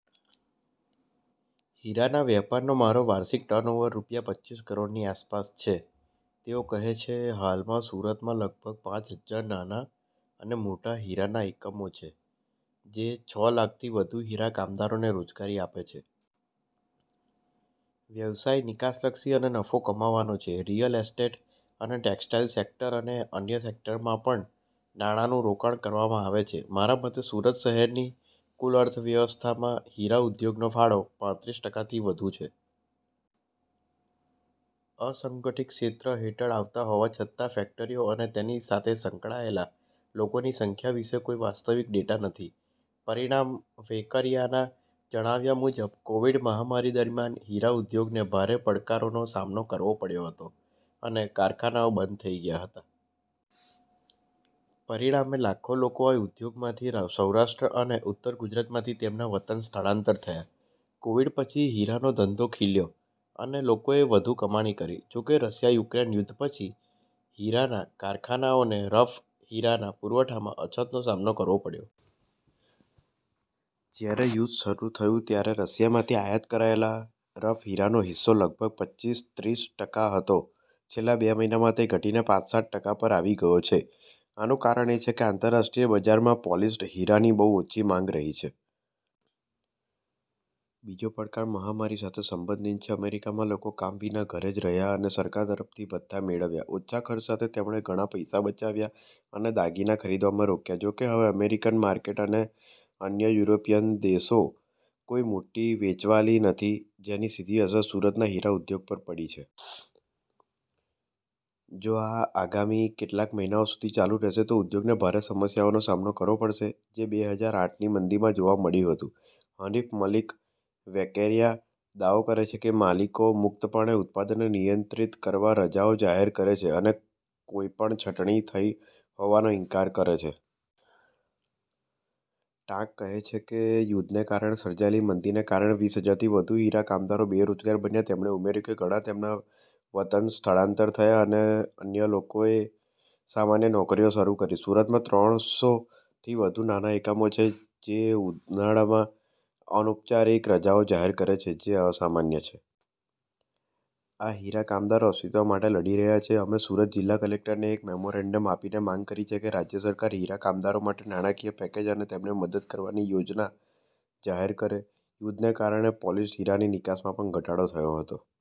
હીરાના વેપારનો મારો વાર્ષિક ટર્નઓવર રૂપિયા પચ્ચીસ કરોડની આસપાસ છે. તેઓ કહે છે, હાલમાં સુરતમાં લગભગ પાંચ હજાર નાના અને મોટા હીરાના એકમો છે, જે છ લાખથી વધુ હીરા કામદારોને રોજગારી આપે છે. વ્યવસાય નિકાસલક્ષી અને નફો કમાવાનો છે. રિયલ એસ્ટેટ અને ટેક્સટાઇલ સેક્ટર અને અન્ય સેક્ટરમાં પણ નાણાંનું રોકાણ કરવામાં આવે છે. મારા મતે સુરત શહેરની કુલ અર્થવ્યવસ્થામાં હીરા ઉદ્યોગનો ફાળો પાંત્રીસ ટકાથી વધુ છે. અસંગઠિત ક્ષેત્ર હેઠળ આવતા હોવા છતાં, ફેક્ટરીઓ અને તેની સાથે સંકળાયેલા લોકોની સંખ્યા વિશે કોઈ વાસ્તવિક ડેટા નથી. પરિણામ વેકરિયાના જણાવ્યા મુજબ, કોવિડ મહામારી દરમિયાન, હીરા ઉદ્યોગને ભારે પડકારોનો સામનો કરવો પડ્યો હતો અને કારખાનાઓ બંધ થઈ ગયા હતા. પરિણામે, લાખો લોકો આ ઉદ્યોગમાંથી સૌરાષ્ટ્ર અને ઉત્તર ગુજરાતમાંથી તેમના વતન સ્થળાંતર થયા. કોવિડ પછી, હીરાનો ધંધો ખીલ્યો અને લોકોએ વધુ કમાણી કરી. જો કે, રુસિયા-યુક્રેન યુદ્ધ પછી, હીરાના કારખાનાઓને રફ હીરાના પુરવઠામાં અછતનો સામનો કરવો પડ્યો. જ્યારે યુદ્ધ શરૂ થયું, ત્યારે રશિયામાંથી આયાત કરાયેલા રફ હીરાનો હિસ્સો લગભગ પચ્ચીસ-ત્રીસ ટકા હતો. છેલ્લા બે મહિનામાં તે ઘટીને પાંચ-સાત ટકા પર આવી ગયો છે. "આનું કારણ એ છે કે, આંતરરાષ્ટ્રીય બજારમાં પોલિશ્ડ હીરાની બહુ ઓછી માંગ રહી છે. બીજો પડકાર મહામારી સાથે સંબંધિત છે. "અમેરિકામાં લોકો કામ વિના ઘરે જ રહ્યા અને સરકાર તરફથી ભથ્થાં મેળવ્યા. ઓછા ખર્ચ સાથે, તેમણે ઘણા પૈસા બચાવ્યા અને દાગીના ખરીદવામાં રોક્યા. જોકે, હવે અમેરિકન માર્કેટ અને અન્ય યુરોપીયન દેશોમાં કોઈ મોટી વેચવાલી નથી, જેની સીધી અસર સુરતના હીરા ઉદ્યોગ પર પડી છે. જો આ આગામી કેટલાક મહિનાઓ સુધી ચાલુ રહેશે, તો ઉદ્યોગને ભારે સમસ્યાઓનો સામનો કરવો પડશે, જે બે હજાર આઠની મંદીમાં જોવા મળ્યું હતું. હનિફ મલિક વેકેરિયા દાવો કરે છે કે, માલિકો મુક્તપણે ઉત્પાદનને નિયંત્રિત કરવા રજાઓ જાહેર કરે છે અને કોઈપણ છટણી થઈ હોવાનો ઇનકાર કરે છે. ટાંક કહે છે કે, યુદ્ધને કારણે સર્જાયેલી મંદીને કારણે, વીસ હજાર થી વધુ હીરા કામદારો બેરોજગાર બન્યા, તેમણે ઉમેર્યું કે, ઘણા તેમના વતન સ્થળાંતર થયા અને અન્ય લોકોએ સામાન્ય નોકરીઓ શરૂ કરી. સુરતમાં ત્રણ સો થી વધુ નાના એકમો છે, જે ઉનાળામાં અનૌપચારિક રજાઓ જાહેર કરે છે જે અસામાન્ય છે. આ હીરા કામદારો અસ્તિત્વ માટે લડી રહ્યા છે. અમે સુરત જિલ્લા કલેક્ટરને એક મેમોરેન્ડમ આપીને માંગ કરી છે કે, રાજ્ય સરકાર હીરા કામદારો માટે નાણાકીય પેકેજ અને તેમને મદદ કરવાની યોજના જાહેર કરે. યુદ્ધને કારણે પોલિશ્ડ હીરાની નિકાસમાં પણ ઘટાડો થયો હતો.